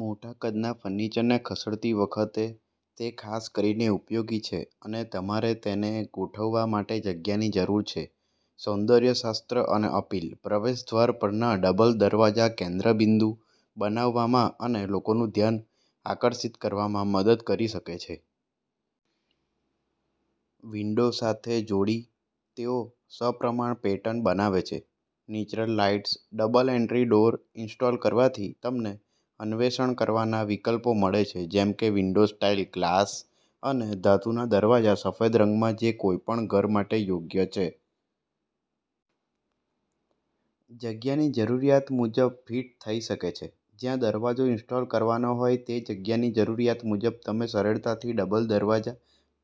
મોટા કદના ફર્નિચરને ખસેડતી વખતે તે ખાસ કરીને ઉપયોગી છે, અને તમારે તેને ગોઠવવા માટે જગ્યાની જરૂર છે. સૌંદર્ય શાસ્ત્ર અને અપીલ: પ્રવેશદ્વાર પરના ડબલ દરવાજા કેન્દ્રબિંદુ બનાવવામાં અને લોકોનું ધ્યાન આકર્ષિત કરવામાં મદદ કરી શકે છે. વિન્ડો સાથે જોડી, તેઓ સપ્રમાણ પેટર્ન બનાવે છે. Natural lights double entry door install કરવાથી તમને અન્વેષણ કરવાના વિકલ્પો મળે છે, જેમ કે વિન્ડો-સ્ટાઇલ ગ્લાસ અને ધાતુના દરવાજા સફેદ રંગમાં જે કોઈપણ ઘર માટે યોગ્ય છે. જગ્યાની જરૂરિયાત મુજબ ફિટ થઈ શકે છે જ્યાં દરવાજો ઇન્સ્ટોલ કરવાનો હોય તે જગ્યાની જરૂરિયાત મુજબ તમે સરળતાથી ડબલ દરવાજા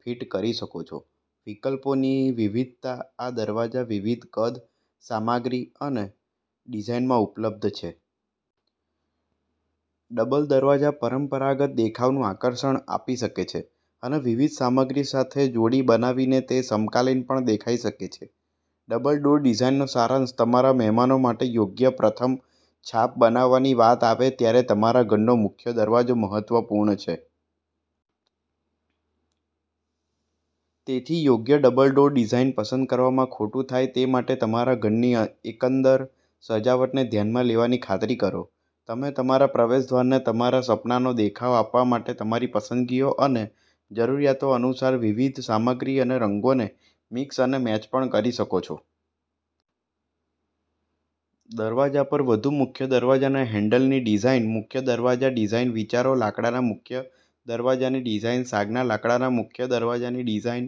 ફિટ કરી શકો છો. વિકલ્પોની વિવિધતાઆ દરવાજા વિવિધ કદ, સામગ્રી અને ડિઝાઇનમાં ઉપલબ્ધ છે. ડબલ દરવાજા પરંપરાગત દેખાવનું આકર્ષણ આપી શકે છે, અને વિવિધ સામગ્રી સાથે જોડી બનાવીને, તે સમકાલીન પણ દેખાઈ શકે છે. ડબલ ડોર ડિઝાઇનનો સારાંશ તમારા મહેમાનો માટે યોગ્ય પ્રથમ છાપ બનાવવાની વાત આવે ત્યારે તમારા ઘરનો મુખ્ય દરવાજો મહત્વપૂર્ણ છે. તેથી, યોગ્ય ડબલ ડોર ડિઝાઇન પસંદ કરવામાં ખોટુંથાય તે માટે તમારા ઘરની એકંદર સજાવટને ધ્યાનમાં લેવાની ખાતરી કરો. તમે તમારા પ્રવેશદ્વારને તમારા સપનાનો દેખાવ આપવા માટે તમારી પસંદગીઓ અને જરૂરિયાતો અનુસાર વિવિધ સામગ્રી અને રંગોને મિક્સ અને મેચ પણ કરી શકો છો. દરવાજા પર વધુ મુખ્ય દરવાજાના હેન્ડલની ડિઝાઇન મુખ્ય દરવાજા ડિઝાઇન વિચારો લાકડાના મુખ્ય દરવાજાની ડિઝાઇન સાગના લાકડાના મુખ્ય દરવાજાની ડિઝાઇન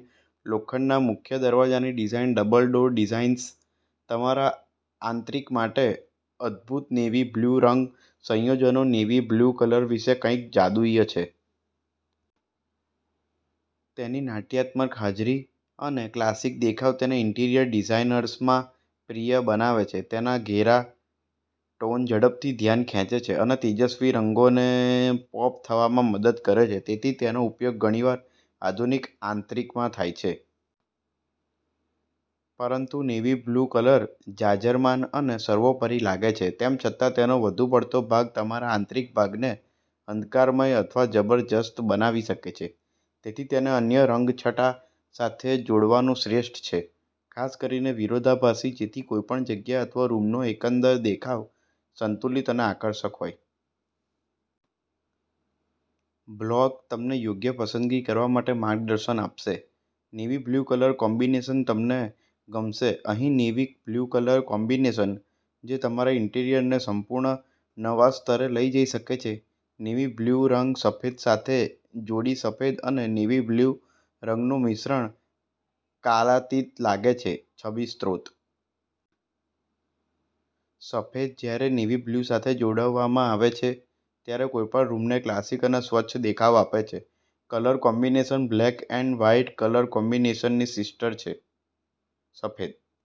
લોખંડના મુખ્ય દરવાજાની ડિઝાઇન ડબલ ડોર ડિઝાઇન્સ તમારા આંતરિક માટે અદભૂત નેવી બ્લુ રંગ સંયોજનો નેવી-બ્લુ કલર વિશે કંઈક જાદુઈ છે. તેની નાટ્યાત્મક હાજરી અને ક્લાસિક દેખાવ તેને ઇન્ટિરિયર ડિઝાઇનર્સમાં પ્રિય બનાવે છે. તેના ઘેરા ટોન ઝડપથી ધ્યાન ખેંચે છે અને તેજસ્વી રંગોને પોપ થવામાં મદદ કરે છે. તેથીતેનો ઉપયોગ ઘણીવાર આધુનિક આંતરિકમાં થાય છે. પરંતુ નેવી-બ્લુ કલર જાજરમાન અને સર્વોપરી લાગે છે, તેમ છતાં તેનો વધુ પડતો ભાગ તમારા આંતરિક ભાગને અંધકારમય અથવા જબરજસ્ત બનાવી શકે છે. તેથી, તેને અન્ય રંગછટા સાથે જોડવાનું શ્રેષ્ઠ છે, ખાસ કરીને વિરોધાભાસી, જેથી કોઈપણ જગ્યા અથવા રૂમનો એકંદર દેખાવ સંતુલિત અને આકર્ષક હોય. બ્લોગ તમને યોગ્ય પસંદગી કરવા માટે માર્ગદર્શન આપશે. નેવી-બ્લુ કલર કોમ્બિનેશન તમને ગમશે અહીં નેવી-બ્લુ કલર કોમ્બિનેશન છે જે તમારા ઈન્ટિરિયરને સંપૂર્ણ નવા સ્તરે લઈ જઈ શકે છે. નેવી-બ્લુ રંગ સફેદ સાથે જોડીસફેદ અને નેવી-બ્લુ રંગનું મિશ્રણ કાલાતીત લાગે છે છબી સ્ત્રોત. સફેદ, જ્યારે નેવી-બ્લુ સાથે જોડવામાં આવે છે, ત્યારે કોઈપણ રૂમને ક્લાસિક અને સ્વચ્છ દેખાવ આપે છે. Colour combination black and white colour કોમ્બિનેશનની સિસ્ટર છે. સફેદ